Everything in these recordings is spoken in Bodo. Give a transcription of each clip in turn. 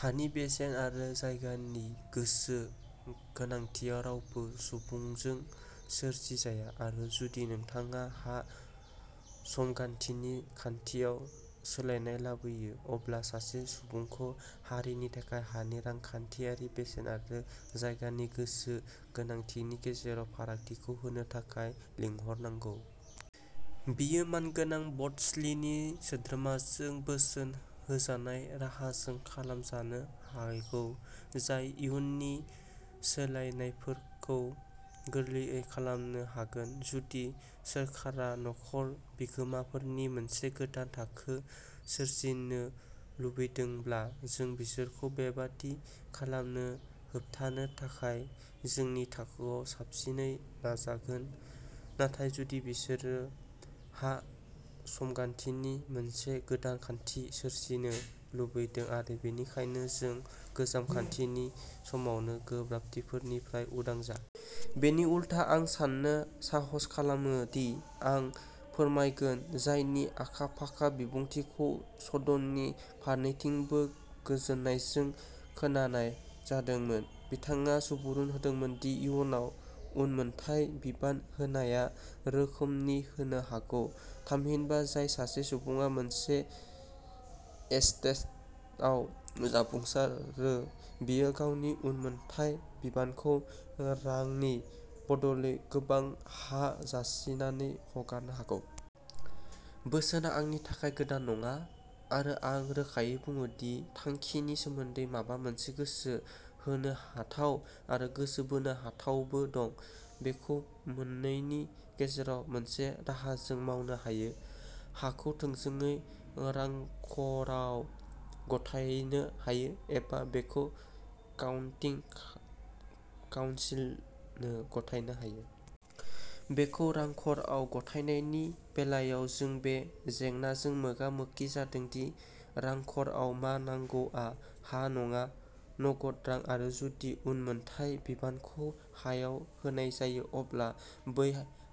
हानि बेसेन आरो जायगानि गोसो गोनांथिया रावबो सुबुंजों सोरजिजाया, आरो जुदि नोंथाङा हा-समगान्थिनि खान्थियाव सोलायनाय लाबोयो, अब्ला सासे सुबुंखौ हारिनि थाखाय हानि रांखान्थियारि बेसेन आरो जायगानि गोसो गोनांथिनि गेजेराव फारागथिखौ होनो थाखाय लिंहरनांगौ। बेयो मानगोनां बर्डस्लिनि सोद्रोमाजों बोसोन होजानाय राहाजों खालामजानो हागौ जाय इयुननि सोलायनायफोरखौ गोरलैयै खालामनो हागोन। जुदि सोरखारा न'खर बिगोमाफोरनि मोनसे गोदान थाखो सोरजिनो लुबैदोंब्ला जों बिसोरखौ बेबादि खालामनो होबथानो थाखाय जोंनि थाखोआव साबसिनै नाजागोन; नाथाय जुदि बिसोरो हा-समगान्थिनि मोनसे गोदान खान्थि सोरजिनो लुबैदों आरो बेनिखायनो जों गोजाम खान्थिनि माखासे गोब्राबथिफोरनिफ्राय उदां जा। बिनि उलथा, आं साननो साहस खालामो दि आं फोरमायगोन। जायनि आखा-फाखा बिबुंथिखौ सदननि फारनैथिंबो गोजोननायजों खोनानाय जादोंमोन, बिथाङा सुबुरुन होदोंमोन दि इयुनाव उनमोनथाय बिबान होनाया रोखोमनि होनो हागौ; थामहिनबा, जाय सासे सुबुङा मोनसे एस्टेटआव जाफुंसारो, बियो गावनि उनमोनथाय बिबानखौ रांनि बदलै गोबां हा जासिनानै हगारनो हागौ। बोसोनआ आंनि थाखाय गोदान नङा, आरो आं रोखायै बुङो दि थांखिनि सोमोन्दै माबा मोनसे गोसो बोनो हाथाव, आरो गोसो बोनो हाथावबो दं। बेखौ मोननैनि गेजेराव मोनसे राहाजों मावनो हायो। हाखौ थोंजों रांख'राव गथायनो हायो, एबा बेखौ काउन्टि काउन्सिलनो गथायनो हायो। बेखौ रांख'राव गथायनायनि बेलायाव, जों बे जेंनाजों मोगा-मोगि जादों दि रांख'राव मा नांगौआ हा नङा, नगद रां, आरो जुदि उनमोनथाय बिबानखौ हायाव होनाय जायो, अब्ला बै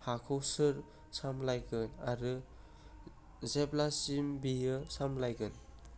हाखौ सोर सामलायगोन आरो जेब्लासिम बेखौ सामलायगोन।